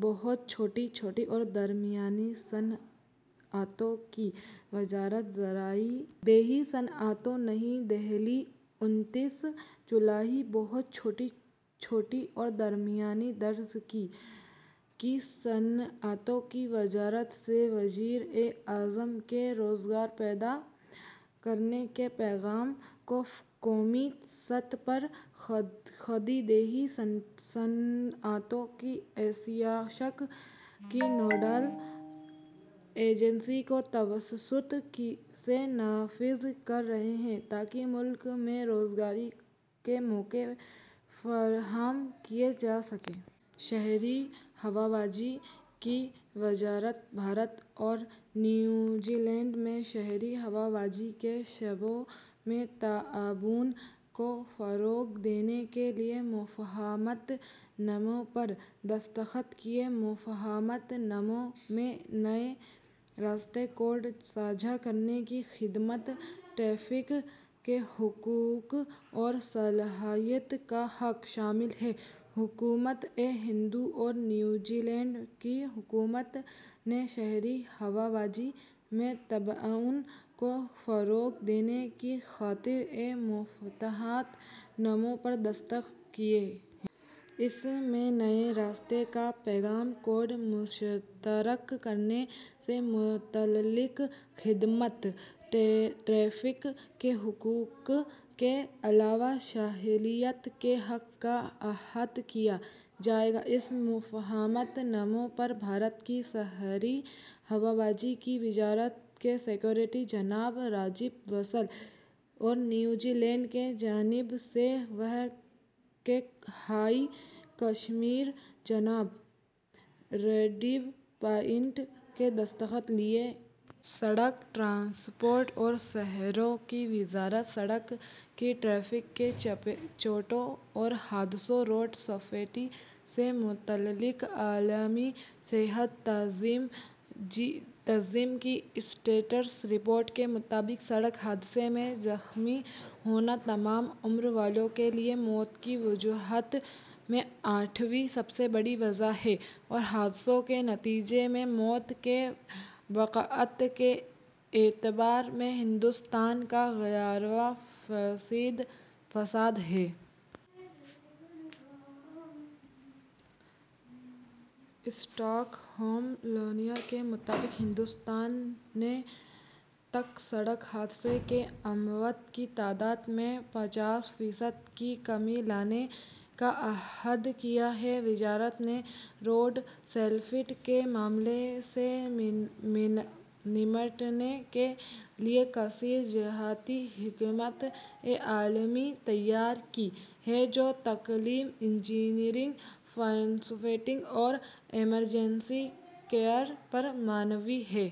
بہت چھوٹی، چھوٹی اور درمیانی صنعتوں کی وزارت زرعی / دیہی صنعتیں نئی دہلی، انتیس جولائی: بہت چھوٹی، چھوٹی اور درمیانے درجے کی صنعتوں کی وزارت سے وزیر اعظم کے روزگار پیدا کرنے کے پروگرام کو قومی سطح پر کھادی دیہی صنعتوں کی ایسوسی ایشن کی نوڈل ایجنسی کے توسط سے نافذ کر رہی ہے تاکہ ملک میں روزگار کے مواقع فراہم کیے جا سکیں۔ شہری ہوابازی کی وزارت بھارت اور نیو زیلینڈ نے شہری ہوا بازی کے شعبے میں تعاون کو فروغ دینے کے لیے مفاہمت نامے پر دستخط کیے مفاہمت نامے میں نئے راستے، کوڈ ساجھا کرنے کی خدمات، ٹریفک کے حقوق اور صلاحیت کا حق شامل ہے حکومت ہند اور نیوزی لینڈ کی حکومت نے شہری ہوا بازی میں تعاون کو فروغ دینے کی خاطر ایک مفاہمت نامے پر دستخط کیے ہیں۔ اس میں نئے راستوں کا پروگرام، کوڈ مشترک کرنے سے متعلق خدمات، ٹریفک کے حقوق کے علاوہ صلاحیت کے حق کا احاطہ کیا جائے گا۔ اس مفاہمت نامے پر بھارت کی شہری ہوابازی کی وزارت کے سکریٹری جناب راجیو بنسل اور نیوزی لینڈ کی جانب سے، وہاں کے ہائی کمشنر جناب ڈیوڈ پائن نے دستخط کیے۔ سٹرک ٹرانسپورٹ اور شاہراہوں کی وزارت سڑکوں کی ٹریفک کی چوٹیں اور حادثے روڈ سیفٹی سے متعلق عالمی صحت تنظیم کی اسٹیٹس رپورٹ کے مطابق سڑک حادثے میں زخمی ہونا تمام عمر والوں کے لئے موت کی وجوہات میں آٹھویں سب سے بڑی وجہ ہے اور حادثوں کے نتیجے میں موت کے واقعات کے اعتبار سے ہندوستان کا گیارہ فیصد حصہ ہے۔ اسٹاک ہوم اعلانیئے کے مطابق ہندوستان نے تک سڑک حادثوں میں اموات کی تعداد میں پچاس فیصد کی کمی لانے کا عہد کیا ہے۔ وزارت نے روڈ سیفٹی کے معاملے سے نمٹنے کے لئے کثیر جہتی حکمت عملی تیار کی ہے، جو تعلیم، انجینئرنگ، انفورسمنٹ اور ایمرجنسی کیئر پر مبنی ہے۔